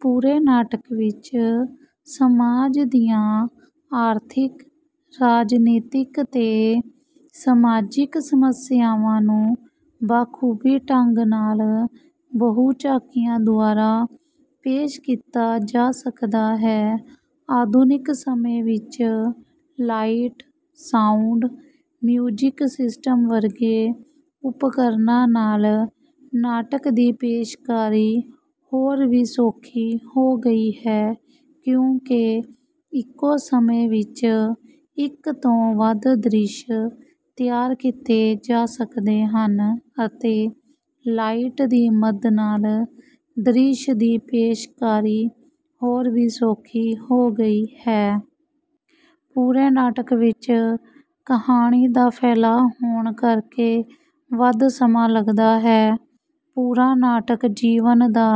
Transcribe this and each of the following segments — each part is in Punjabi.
ਪੂਰੇ ਨਾਟਕ ਵਿੱਚ ਸਮਾਜ ਦੀਆਂ ਆਰਥਿਕ, ਰਾਜਨੀਤਿਕ ਤੇ ਸਮਾਜਿਕ ਸਮੱਸਿਆਵਾਂ ਨੂੰ ਬਾਖੂਬੀ ਢੰਗ ਨਾਲ ਬਹੁ ਝਾਕੀਆਂ ਦੁਆਰਾ ਪੇਸ਼ ਕੀਤਾ ਜਾ ਸਕਦਾ ਹੈ। ਆਧੁਨਿਕ ਸਮੇਂ ਵਿੱਚ ਲਾਈਟ, ਸਾਊਂਡ, ਮਿਊਜਿਕ ਸਿਸਟਮ ਵਰਗੇ ਉਪਕਰਨਾਂ ਨਾਲ ਨਾਟਕ ਦੀ ਪੇਸ਼ਕਾਰੀ ਹੋਰ ਵੀ ਸੌਖੀ ਹੋ ਗਈ ਹੈ ਕਿਉਂਕਿ ਇੱਕੋ ਸਮੇਂ ਵਿੱਚ ਇੱਕ ਤੋਂ ਵੱਧ ਦ੍ਰਿਸ਼ ਤਿਆਰ ਕੀਤੇ ਜਾ ਸਕਦੇ ਹਨ, ਅਤੇ ਲਾਈਟ ਦੀ ਮਦ ਨਾਲ ਦ੍ਰਿਸ਼ ਦੀ ਪੇਸ਼ਕਾਰੀ ਹੋਰ ਵੀ ਸੌਖੀ ਹੋ ਗਈ ਹੈ। ਪੂਰੇ ਨਾਟਕ ਵਿੱਚ ਕਹਾਣੀ ਦਾ ਫੈਲਾਅ ਹੋਣ ਕਰਕੇ ਵੱਧ ਸਮਾਂ ਲਗਦਾ ਹੈ। ਪੂਰਾ ਨਾਟਕ ਜੀਵਨ ਦਾ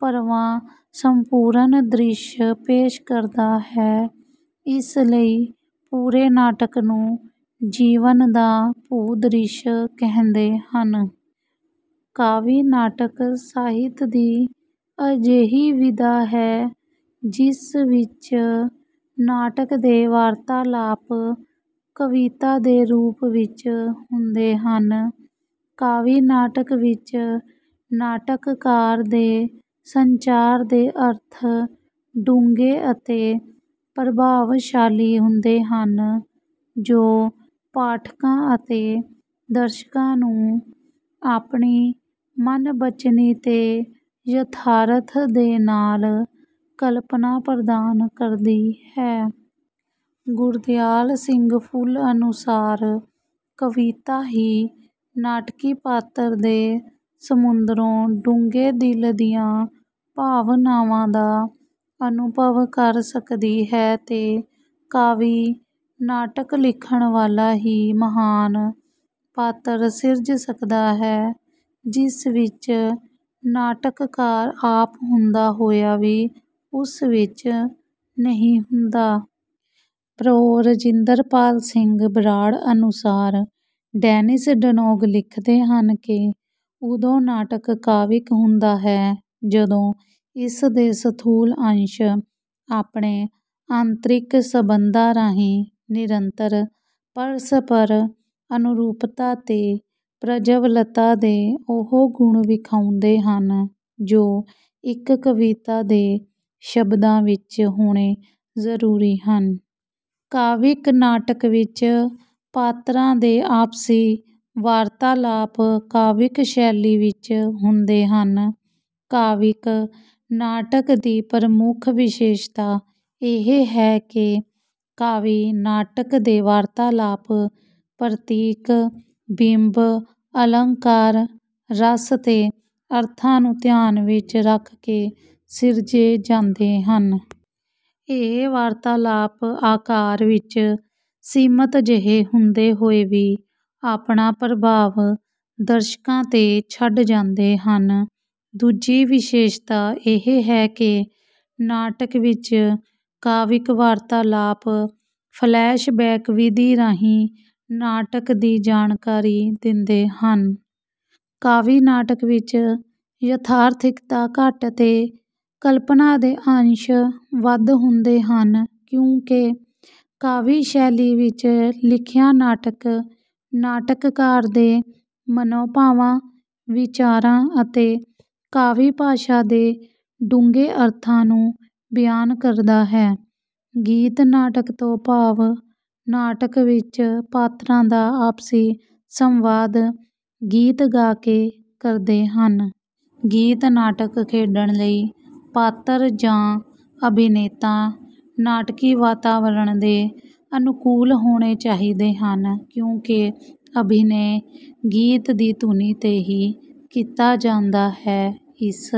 ਭਰਵਾਂ ਸੰਪੂਰਨ ਦ੍ਰਿਸ਼ ਪੇਸ਼ ਕਰਦਾ ਹੈ। ਇਸ ਲਈ ਪੂਰੇ ਨਾਟਕ ਨੂੰ ਜੀਵਨ ਦਾ ਭੂ ਦ੍ਰਿਸ਼ ਕਹਿੰਦੇ ਹਨ। ਕਾਵਿ ਨਾਟਕ ਸਾਹਿਤ ਦੀ ਅਜਿਹੀ ਵਿਧਾ ਹੈ, ਜਿਸ ਵਿੱਚ ਨਾਟਕ ਦੇ ਵਾਰਤਾਲਾਪ ਕਵਿਤਾ ਦੇ ਰੂਪ ਵਿੱਚ ਹੁੰਦੇ ਹਨ। ਕਾਵਿ ਨਾਟਕ ਵਿੱਚ ਨਾਟਕਾਰ ਦੇ ਸੰਚਾਰ ਦੇ ਅਰਥ ਡੂੰਘੇ ਅਤੇ ਪ੍ਰਭਾਵਸ਼ਾਲੀ ਹੁੰਦੇ ਹਨ, ਜੋ ਪਾਠਕਾਂ ਅਤੇ ਦਰਸ਼ਕਾਂ ਨੂੰ ਆਪਣੀ ਮਨ ਬਚਨੀ ਤੇ ਯਥਾਰਥ ਦੇ ਨਾਲ ਕਲਪਨਾ ਪ੍ਰਦਾਨ ਕਰਦੀ ਹੈ। ਗੁਰਦਿਆਲ ਸਿੰਘ ਫੁੱਲ ਅਨੁਸਾਰ, ਕਵਿਤਾ ਹੀ ਨਾਟਕੀ ਪਾਤਰ ਦੇ ਸਮੁੰਦਰੋਂ ਡੂੰਘੇ ਦਿਲ ਦੀਆਂ ਭਾਵਨਾਵਾਂ ਦਾ ਅਨੁਭਵ ਕਰ ਸਕਦੀ ਹੈ, ਤੇ ਕਾਵਿ ਨਾਟਕ ਲਿਖਣ ਵਾਲਾ ਹੀ ਮਹਾਨ ਪਾਤਰ ਸਿਰਜ ਸਕਦਾ ਹੈ, ਜਿਸ ਵਿੱਚ ਨਾਟਕਾਰ ਆਪ ਹੁੰਦਾ ਹੋਇਆ ਵੀ ਉਸ ਵਿੱਚ ਨਹੀਂ ਹੁੰਦਾ। ਪ੍ਰੋ ਰਜਿੰਦਰ ਪਾਲ ਸਿੰਘ ਬਰਾੜ ਅਨੁਸਾਰ, ਡੈਨਿਸ ਡਨੌਗ ਲਿਖਦੇ ਹਨ ਕਿ, ਉਦੋਂ ਨਾਟਕ ਕਾਵਿਕ ਹੁੰਦਾ ਹੈ, ਜਦੋਂ ਇਸ ਦੇ ਸਥੂਲ ਅੰਸ਼ ਆਪਣੇ ਆਂਤ੍ਰਿਕ ਸੰਬੰਧਾਂ ਰਾਹੀਂ ਨਿਰੰਤਰ ਪਰਸਪਰ ਅਨੁਰੂਪਤਾ ਤੇ ਪ੍ਰਜਵਲਤਾ ਦੇ ਉਹ ਗੁਣ ਵਿਖਾਉਂਦੇ ਹਨ, ਜੋ ਇੱਕ ਕਵਿਤਾ ਦੇ ਸ਼ਬਦਾਂ ਵਿੱਚ ਹੋਣੇ ਜ਼ਰੂਰੀ ਹਨ। ਕਾਵਿਕ ਨਾਟਕ ਵਿੱਚ ਪਾਤਰਾਂ ਦੇ ਆਪਸੀ ਵਾਰਤਾਲਾਪ ਕਾਵਿਕ ਸ਼ੈਲੀ ਵਿੱਚ ਹੁੰਦੇ ਹਨ। ਕਾਵਿ ਨਾਟਕ ਦੀ ਪ੍ਰਮੁੱਖ ਵਿਸ਼ੇਸ਼ਤਾ ਇਹ ਹੈ, ਕਿ ਕਾਵਿ ਨਾਟਕ ਦੇ ਵਾਰਤਾਲਾਪ ਪ੍ਰਤੀਕ, ਬਿੰਬ, ਅਲੰਕਾਰ, ਰਸ ਤੇ ਅਰਥਾਂ ਨੂੰ ਧਿਆਨ ਵਿੱਚ ਰੱਖ ਕੇ ਸਿਰਜੇ ਜਾਂਦੇ ਹਨ। ਇਹ ਵਾਰਤਾਲਾਪ ਆਕਾਰ ਵਿੱਚ ਸੀਮਤ ਜਿਹੇ ਹੁੰਦੇ ਹੋਏ ਵੀ ਆਪਣਾ ਪ੍ਰਭਾਵ ਦਰਸ਼ਕਾਂ ਤੇ ਛੱਡ ਜਾਂਦੇ ਹਨ। ਦੂਜੀ ਵਿਸ਼ੇਸ਼ਤਾ ਇਹ ਹੈ, ਕਿ ਨਾਟਕ ਵਿੱਚ ਕਾਵਿਕ ਵਾਰਤਾਲਾਪ ਫਲੈਸ਼ ਬੈਕ ਵਿਧੀ ਰਾਹੀਂ ਨਾਟਕ ਦੀ ਜਾਣਕਾਰੀ ਦਿੰਦੇ ਹਨ। ਕਾਵਿ ਨਾਟਕ ਵਿੱਚ ਯਥਾਰਥਿਕਤਾ ਘੱਟ ਤੇ ਕਲਪਨਾ ਦੇ ਅੰਸ਼ ਵੱਧ ਹੁੰਦੇ ਹਨ, ਕਿਉਂਕਿ ਕਾਵਿ ਸ਼ੈਲੀ ਵਿੱਚ ਲਿਖਿਆ ਨਾਟਕ ਨਾਟਕਕਾਰ ਦੇ ਮਨੋਭਾਵਾਂ, ਵਿਚਾਰਾਂ ਅਤੇ ਕਾਵਿ ਭਾਸ਼ਾ ਦੇ ਡੂੰਘੇ ਅਰਥਾਂ ਨੂੰ ਬਿਆਨ ਕਰਦਾ ਹੈ। ਗੀਤ ਨਾਟਕ ਤੋਂ ਭਾਵ ਨਾਟਕ ਵਿੱਚ ਪਾਤਰਾਂ ਦਾ ਆਪਸੀ ਸੰਵਾਦ ਗੀਤ ਗਾ ਕੇ ਕਰਦੇ ਹਨ। ਗੀਤ ਨਾਟਕ ਖੇਡਣ ਲਈ ਪਾਤਰ ਜਾਂ ਅਭਿਨੇਤਾ ਨਾਟਕੀ ਵਾਤਾਵਰਣ ਦੇ ਅਨੁਕੂਲ ਹੋਣੇ ਚਾਹੀਦੇ ਹਨ, ਕਿਉਂਕਿ ਅਭਿਨੈ ਗੀਤ ਦੀ ਧੁਨੀ ਤੇ ਹੀ ਕੀਤਾ ਜਾਂਦਾ ਹੈ। ਇਸ